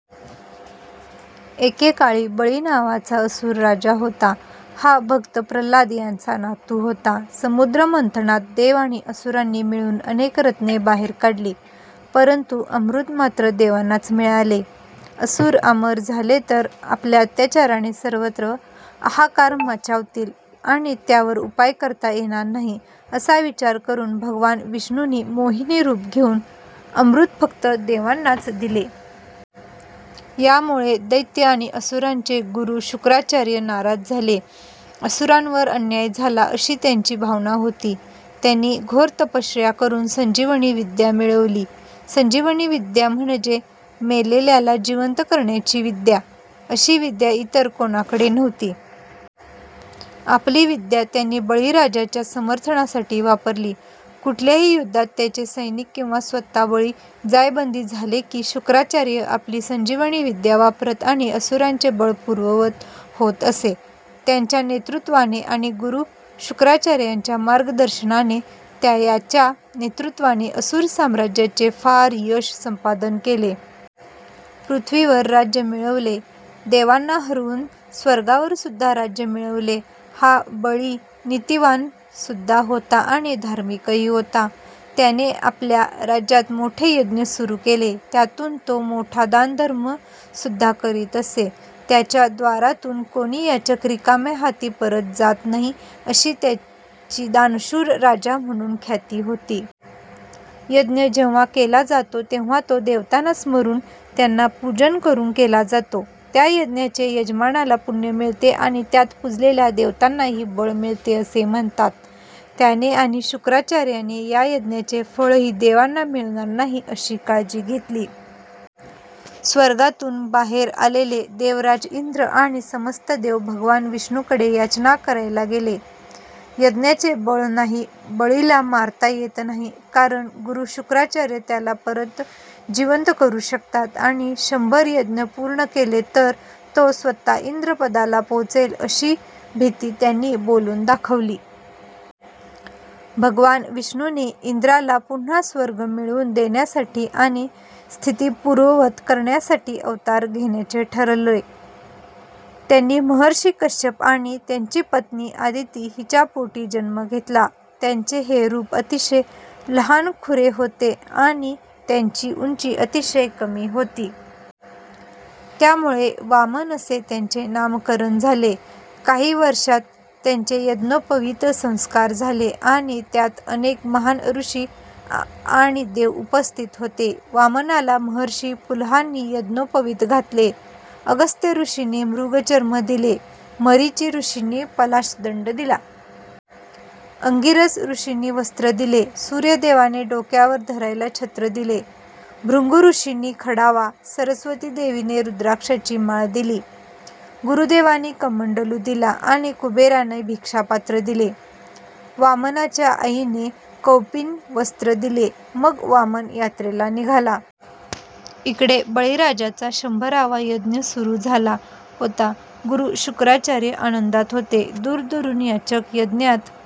एके काळी बळी नावाचा असुर राजा होता. हा भक्त प्रल्हाद याचा नातु होता. समुद्र मंथनात देव आणि असुरांनी मिळुन अनेक रत्ने बाहेर काढली, परंतु अमृत मात्र देवांनाच मिळाले. असुर अमर झाले तर आपल्या अत्याचाराने सर्वत्र हाहाकार माचावतील आणि त्यावर उपाय करता येणार नाही असा विचार करून भगवान विष्णूंनी मोहिनी रूप घेऊन अमृत फक्त देवांनाच दिले. यामुळे दैत्य आणि असुरांचे गुरु शुक्राचार्य नाराज झाले. असुरांवर अन्याय झाला अशी त्यांची भावना होती. त्यांनी घोर तपश्चर्या करून संजीवनी विद्या मिळवली. संजीवनी विद्या म्हणजे मेलेल्याला जिवंत करण्याची विद्या. अशी विद्या इतर कोणाकडे नव्हती. आपली विद्या त्यांनी बळी राजाच्या समर्थनासाठी वापरली. कुठल्याही युद्धात त्यांचे सैनिक किंवा स्वतः बळी जायबंदी झाले कि शुक्राचार्य आपली संजीवनी विद्या वापरत आणि असुरांचे बळ पूर्ववत होत असे. त्याच्या नेतृत्वाने आणि गुरु शुक्राचार्यांच्या मार्गदर्शनाने त्याच्या नेतृत्वाने असुर साम्राज्याने फार यश संपादन केले. पृथ्वीवर राज्य मिळवले, देवांना हरवुन स्वर्गावरसुद्धा राज्य मिळवले. हा बळी नितिवान सुद्धा होता आणि धार्मिकही होता. त्याने आपल्या राज्यात मोठे यज्ञ सुरु केले. यातुन तो मोठा दानधर्म सुद्धा करीत असे. त्याच्या द्वारातुन कोणी याचक रिकाम्या हाती परत जात नाही अशी त्याची दानशूर राजा म्हणुन ख्याती होती. यज्ञ जेव्हा केला जातो तेव्हा तो देवतांना स्मरून त्यांना पुजन करून केला जातो. त्या यज्ञाचे यजमानाला पुण्य मिळते आणि त्यात पुजलेल्या देवतांना बळ मिळते असे म्हणतात. त्याने आणि शुक्राचार्याने या यज्ञाचे फळही देवांना मिळणार नाही अशी काळजी घेतली. स्वर्गातुन बाहेर आलेले देवराज इंद्र आणि समस्त देव भगवान विष्णूंकडे याचना करायला गेले. यज्ञाचे बळ नाही, बळीला मारता येत नाही कारण गुरु शुक्राचार्य त्याला परत जिवंत करू शकतात आणि शंभर यज्ञ पूर्ण केले तर तो स्वतः इंद्रपदाला पोहचेल अशी भीती त्यांनी बोलुन दाखवली. भगवान विष्णूंनी इंद्राला पुन्हा स्वर्ग मिळवुन देण्यासाठी आणि स्थिती पूर्ववत करण्यासाठी अवतार घेण्याचे ठरवले. त्यांनी महर्षी कश्यप आणि त्यांची पत्नी अदिती हिच्या पोटी जन्म घेतला. त्यांचे हे रूप अतिशय लहानखुरे होते. त्यांची उंची अतिशय कमी होती. त्यामुळे वामन असे त्यांचे नामकरण झाले. काही वर्षात त्यांचे यज्ञोपवीत संस्कार झाले. आणि त्यात अनेक महान ऋषी आणि देव उपस्थित होते. वामनाला महर्षी पुलहांनी यज्ञोपवीत घातले. अगस्त्य ऋषींनी मृगचर्म दिले. मरीची ऋषींनी पलाश दंड दिला. अंगिरस ऋषींनी वस्त्र दिले. सूर्यदेवाने डोक्यावर धरायला छत्र दिले. भृगु ऋषींनी खडावा, सरस्वती देवीने रुद्राक्षाची माळ दिली. गुरुदेवांनी कमंडलु दिला आणि कुबेराने भिक्षा पात्र दिले. वामनाच्या आईने कौपिन वस्त्र दिले. मग वामन यात्रेला निघाला. इकडे बळीराजाचा शंभरावा यज्ञ सुरु झाला होता. गुरु शुक्राचार्य आनंदात होते. दूरदूरन याचक यज्ञात